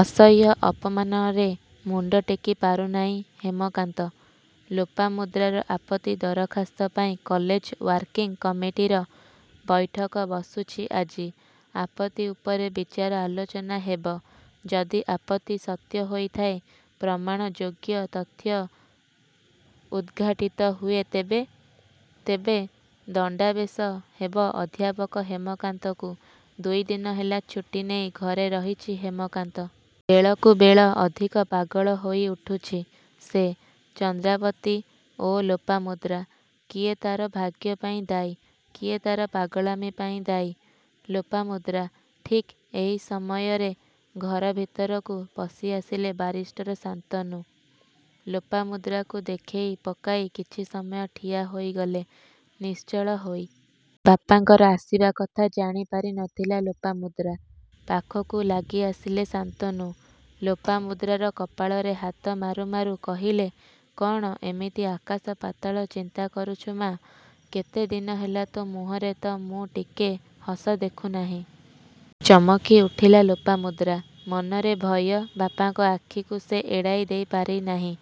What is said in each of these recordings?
ଅସହ୍ୟ ଅପମାନରେ ମୁଣ୍ଡ ଟେକି ପାରୁନାହିଁ ହେମକାନ୍ତ। ଲୋପାମୁଦ୍ରାର ଆପତ୍ତି ଦରଖାସ୍ତ ପାଇଁ କଲେଜ ୱାର୍କିଂ କମିଟିର ବୈଠକ ବସୁଛି ଆଜି। ଆପତ୍ତି ଉପରେ ବିଚାର ଆଲୋଚନା ହେବ। ଯଦି ଆପତ୍ତି ସତ୍ୟ ହୋଇଥାଏ-ପ୍ରମାଣ ଯୋଗ୍ୟ ତଥ୍ୟ ଉଦ୍ଘାଟିତ ହୁଏ ତେବେ? ତେବେ ଦଣ୍ଡାବେଶ ହେବ ଅଧ୍ୟାପକ ହେମକାନ୍ତକୁ ଦୁଇଦିନ ହେଲା ଛୁଟି ନେଇ ଘରେ ରହିଛି ହେମକାନ୍ତ। ବେଳକୁ ବେଳ ଅଧିକ ପାଗଳ ହୋଇ ଉଠୁଛି ସେ ଚନ୍ଦ୍ରାବତୀ ଓ ଲୋପାମୁଦ୍ରା। କିଏ ତା'ର ଭାଗ୍ୟପାଇଁ ଦାୟୀ? କିଏ ତା'ର ପାଗଳାମୀପାଇଁ ଦାୟୀ। ଲୋପାମୁଦ୍ରା। ଠିକ୍ ଏ ସମୟରେ ଘର ଭିତରକୁ ପଶିଆସିଲେ ବାରିଷ୍ଟର ଶାନ୍ତନୁ। ଲୋପାମୁଦ୍ରାକୁ ଦେଖଇ ପକାଇ କିଛି ସମୟ ଠିଆ ହୋଇଗଲେ ନିଶ୍ଚଳ ହୋଇ। ବାପାଙ୍କର ଆସିବା କଥା ଜାଣିପାରି ନ ଥିଲା ଲୋପାମୁଦ୍ରା। ପାଖକୁ ଲାଗିଆସିଲେ ଶାନ୍ତନୁ। ଲୋପାମୁଦ୍ରାର କପାଳରେ ହାତ ମାରୁ ମାରୁ କହିଲେ-''କ'ଣ ଏମିତି ଆକାଶ ପାତାଳ ଚିନ୍ତା କରୁଛୁ ମା? କେତେ ଦିନ ହେଲା ତୋ ମୁହଁରେ ତ ମୁଁ ଟିକେ ହସ ଦେଖୁ ନାହିଁ? '' ଚମକି ଉଠିଲା ଲୋପାମୁଦ୍ରା। ମନରେ ଭୟ ବାପାଙ୍କ ଆଖିକୁ ସେ ଏଡ଼ାଇ ଦେଇ ପାରିନାହିଁ।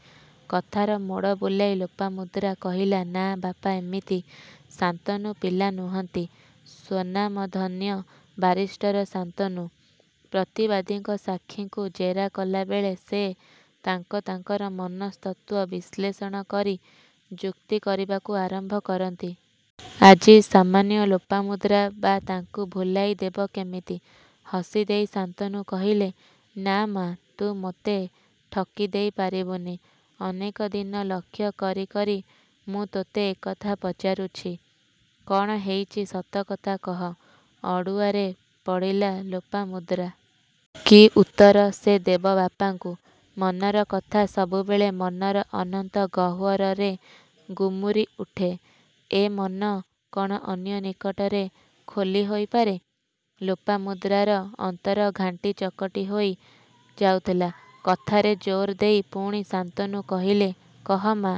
କଥାର ମୋଡ଼ ବୁଲାଇ ଲୋପାମୁଦ୍ରା କହିଲା-''ନାଁ ବାପା ଏମିତି '' ଶାନ୍ତନୁ ପିଲା ନୁହଁନ୍ତି, ସ୍ୱନାମଧନ୍ୟ ବାରିଷ୍ଟର ଶାନ୍ତନୁ। ପ୍ରତିବାଦୀଙ୍କ ସାକ୍ଷୀଙ୍କୁ ଜେରା କଲାବେଳେ ସେ ତାଙ୍କ ତାଙ୍କର ମନସ୍ତତ୍ୱ ବିଶ୍ଳେଷଣ କରି ଯୁକ୍ତି କରିବାକୁ ଆରମ୍ଭ କରନ୍ତି। ଆଜି ସାମାନ୍ୟ ଲୋପାମୁଦ୍ରା ବା ତାଙ୍କୁ ଭୁଲାଇ ଦେବ କେମିତି? ହସି ଦେଇ ଶାନ୍ତନୁ କହିଲେ-''ନାଁ ମା ତୁ ମୋତେ ଠକି ଦେଇ ପାରିବୁନି। ଅନେକ ଦିନ ଲକ୍ଷ୍ୟ କରି କରି ମୁଁ ତୋତେ ଏକଥା ପଚାରୁଛି। କ'ଣ ହେଇଛି ସତକଥା କହ '' ଅଡ଼ୁଆରେ ପଡ଼ିଲା ଲୋପାମୁଦ୍ରା। କି ଉତ୍ତର ସେ ଦେବ ବାପାଙ୍କୁ? ମନର କଥା ସବୁବେଳେ ମନର ଅନନ୍ତ ଗହ୍ୱରରେ ଗୁମୁରି ଉଠେ। ଏ ମନକୁ କ'ଣ ଅନ୍ୟ ନିକଟରେ ଖୋଲି ହୋଇପାରେ? ଲୋପାମୁଦ୍ରାର ଅନ୍ତର ଘାଣ୍ଟି ଚକଟି ହୋଇ ଯାଉଥିଲା। କଥାରେ ଜୋର ଦେଇ ପୁଣି ଶାନ୍ତନୁ କହିଲେ-''କହ ମା!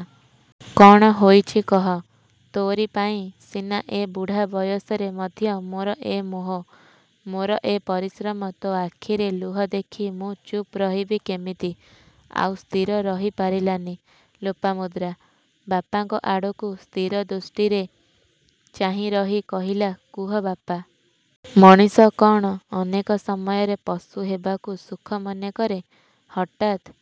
କ'ଣ ହୋଇଛି କହ! ତୋରି ପାଇଁ ସିନା ଏ ବୁଢ଼ା ବୟସରେ ମଧ୍ୟ ମୋର ଏ ମୋହ ମୋର ଏ ପରିଶ୍ରମ ତୋ ଆଖିରେ ଲୁହ ଦେଖି ମୁଁ ଚୁପ୍ ରହିବି କେମିତି? '' ଆଉ ସ୍ଥିର ରହିପାରିଲାନି ଲୋପାମୁଦ୍ରା ବାପାଙ୍କ ଆଡ଼କୁ ସ୍ଥିର ଦୃଷ୍ଟିରେ ଚାହିଁ ରହି କହିଲା''କୁହ ବାପା! ମଣିଷ କ'ଣ ଅନେକ ସମୟରେ ପଶୁ ହେବାକୁ ସୁଖ ମନେକରେ? '' ହଠାତ୍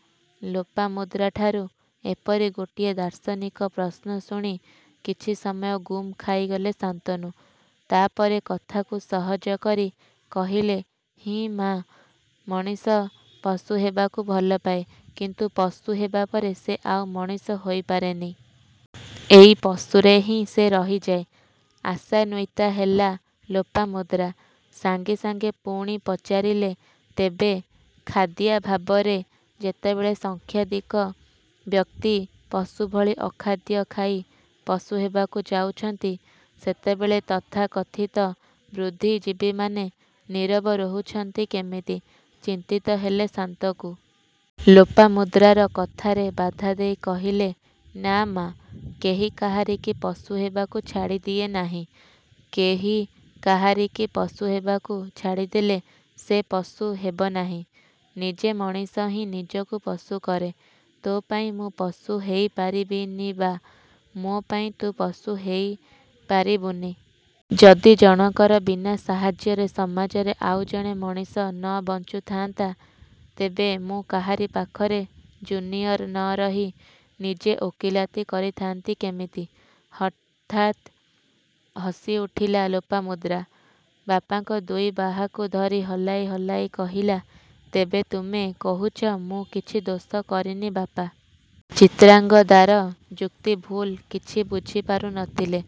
ଲୋପାମୁଦ୍ରାଠାରୁ ଏପରି ଗୋଟିଏ ଦାର୍ଶନିକ ପ୍ରଶ୍ନ ଶୁଣି କିଛି ସମୟ ଗୁମ୍ ଖାଇଗଲେ ଶାନ୍ତନୁ। ତା'ପରେ କଥାକୁ ସହଜ କରି କହିଲେ ''ହିଁ ମା! ମଣିଷ ପଶୁ ହେବାକୁ ଭଲପାଏ କିନ୍ତୁ ପଶୁ ହେବାପରେ ସେ ଆଉ ମଣିଷ ହୋଇ ପାରେନି। ଏଇ ପଶୁରେ ହିଁ ସେ ରହିଯାଏ '' ଆଶାନ୍ୱିତା ହେଲା ଲୋପାମୁଦ୍ରା ସାଙ୍ଗେ ସାଙ୍ଗେ ପୁଣି ପଚାରିଲେ ତେବେ ଖାଦ୍ୟାଭାବରେ ଯେତେବେଳେ ସଂଖ୍ୟାଧିକ ବ୍ୟକ୍ତି ପଶୁ ଭଳି ଅଖାଦ୍ୟ ଖାଇ ପଶୁ ହେବାକୁ ଯାଉଛନ୍ତି-ସେତେବେଳେ ତଥାକଥିତ ବୃଦ୍ଧି ଜୀବୀମାନେ ନୀରବ ରହୁଛନ୍ତି କେମିତି? ଚିନ୍ତିତ ହେଲେ ଶାନ୍ତକୁ। ଲୋପାମୁଦ୍ରାର କଥାରେ ବାଧାଦେଇ କହିଲେ-''ନାଁ ମା! କେହି କାହାରିକି ପଶୁ ହେବାକୁ ଛାଡ଼ିଦିଏ ନାହିଁ। କେହିୁ କାହାରିକି ପଶୁ ହେବାକୁ ଛାଡ଼ିଦେଲେ ସେ ପଶୁ ହେବନାହିଁ। ନିଜେ ମଣିଷ ହିଁ ନିଜକୁ ପଶୁ କରେ। ତୋ ପାଇଁ ମୁଁ ପଶୁ ହେଇ ପାରିବିନିବା ମୋ ପାଇଁ ତୁ ପଶୁ ହେଇପାରିବୁନି। ଯଦି ଜଣକର ବିନା ସାହାଯ୍ୟରେ ସମାଜରେ ଆଉ ଜଣେ ମଣିଷ ନ ବଞ୍ଚୁଥାନ୍ତା ତେବେ ମୁଁ କାହାରି ପାଖରେ ଜୁନିଅର ନ ରହି ନିଜେ ଓକିଲାତି କରିଥାନ୍ତି କେମିତି? '' ହଠାତ୍ ହସିଉଠିଲା ଲୋପାମୁଦ୍ରା ବାପାଙ୍କ ଦୁଇ ବାହାକୁ ଧରି ହଲାଇ ହଲାଇ କହିଲା-ତେବେ ତୁମେ କହୁଛ ମୁଁ କିଛି ଦୋଷ କରିନି ବାପା? ଚିତ୍ରାଙ୍ଗଦାର ଯୁକ୍ତି ଭୁଲ କିଛି ବୁଝି ପାରୁ ନ ଥିଲେ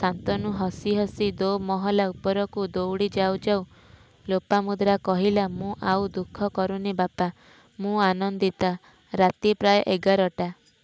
ଶାନ୍ତନୁ ହସି ହସି ଦୋ ମହଲା ଉପରକୁ ଦୌଡ଼ି ଯାଉ ଯାଉ ଲୋପାମୁଦ୍ରା କହିଲା ମୁଁ ଆଉ ଦୁଃଖ କରୁନି ବାପା! ମୁଁ ଆନନ୍ଦିତା। ରାତି ପ୍ରାୟ ଏଗାରଟା।